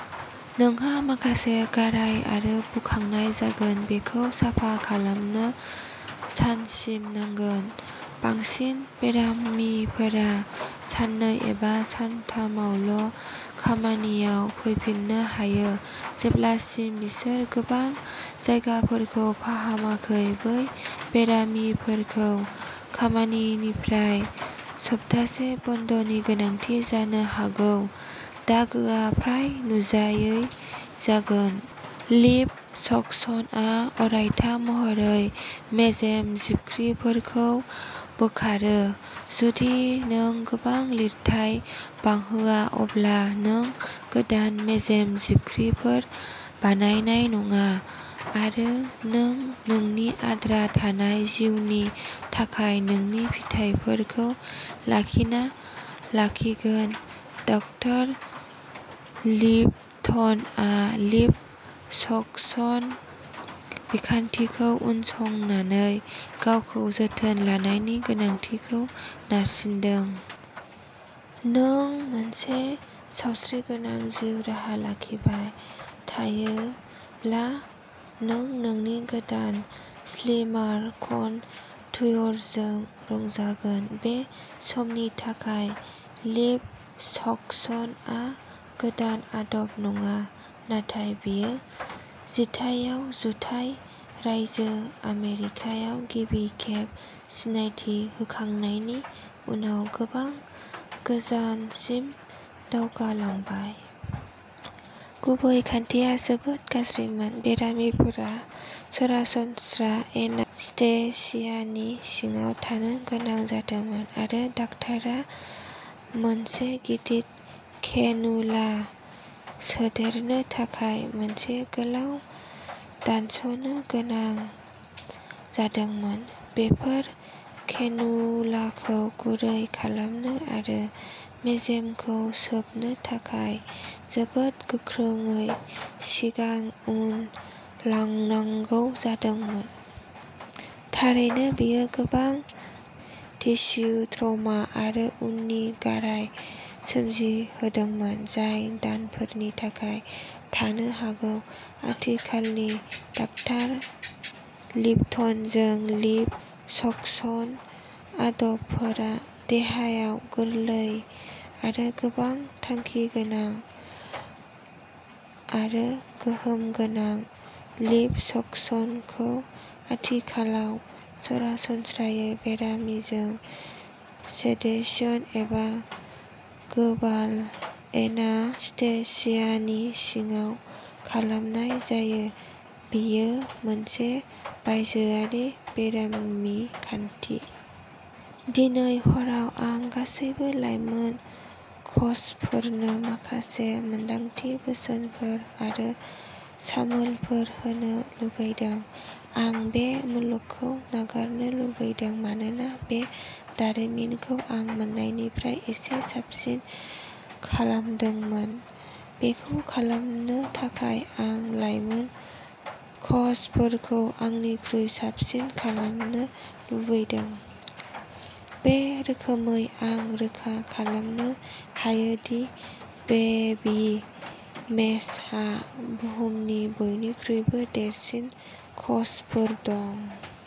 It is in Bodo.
नोंहा माखासे गाराय आरो बुखांनाय जागोन; बेखौ साफा खालामनो सानसिम नांगोन। बांसिन बेरामिफोरा साननै एबा सानथामावल'खामानियाव फैफिननो हायो, जेब्लासिम बिसोर गोबां जायगाफोरखौ फाहामाखै। बै बेरामिफोरखौ खामानिनिफ्राय सप्तासे बन्दनि गोनांथि जानो हागौ। दागोआ फ्राय नुजायै जागोन। लिप'सकसनआ अरायथा महरै मेजेम जिबख्रिफोरखौ बोखारो। जुदि नों गोबां लिरथाय बांहोआ, अब्ला नों गोदान मेजेम जिबख्रिफोर बानायनाय नङा आरो नों नोंनि आद्रा थानाय जिउनि थाखाय नोंनि फिथायफोरखौ लाखिना लाखिगोन। डा. लिपटनआ लिप'सकसन बिखान्थिखौ उनसंनानै गावखौ जोथोन लानायनि गोनांथिखौ नारसिनदों। नों मोनसे सावस्रिगोनां जिउ राहा लाखिबाय थायोब्ला, नों नोंनि गोदान स्लिमार कनट्युरजों रंजागोन। बे समनि थाखाय। लिप'सक्सनआ गोदान आदब नङा, नाथाय बेयो जिथाइयाव जुथाइ रायजो आमेरिकायाव गिबि खेब सिनायथि होखांनायनि उनाव गोबां गोजानसिम दावगालांबाय। गुबै खान्थिया जोबोद गाज्रिमोन। बेरामिफोरा सरासनस्रा एनास्थेसियानि सिङाव थानो गोनां जादोंमोन, आरो डाक्ट'रा मोनसे गिदिर केनुला सोदेरनो थाखाय मोनसे गोलाव दानस'नो गोनां जादोंमोन। बेफोर केनुलाखौ गुरै खालामनो आरो मेजेमखौ सोबनो थाखाय जोबोद गोख्रोङै सिगां-उन लांनांगौ जादोंमोन। थारैनो, बेयो गोबां टिस्यु ट्रमा आरो उननि गाराय सोमजिहोदोंमोन जाय दानफोरनि थाखाय थानो हागौ। आथिखालनि डॉ. लिप्टनजों लिप'सक्सन आदबफोरा देहायाव गोरलै आरो गोबां थांखिगोनां आरो गोहोम गोनां। लिप'सक्सनखौ आथिखालाव सरासनस्रायै बेरामिजों सेडेशन एबा "गोबाल'" एनास्थेसियानि सिङाव खालामनाय जायो; बेयो मोनसे बायजोआरि बेरामि खान्थि। दिनै हराव आं गासैबो लाइमोन कचफोरनो माखासे मोनदांथि, बोसोनफोर आरो सामोलफोर होनो लुबैदों। आं बे मुलुगखौ नागारनो लुबैदों, मानोना बे दारिमिनखौ आं मोन्नायनिफ्राय एसे साबसिन खालामदोंमोन। बेखौ खालामनो थाखाय आं लाइमोन कचफोरखौ आंनिख्रुइ साबसिन खालामनो लुबैदों। बे रोखोमै आं रोखा खालामनो हायो दि बेबी मेशहा बुहुमनि बयनिख्रुइबो देरसिन कचफोर दं।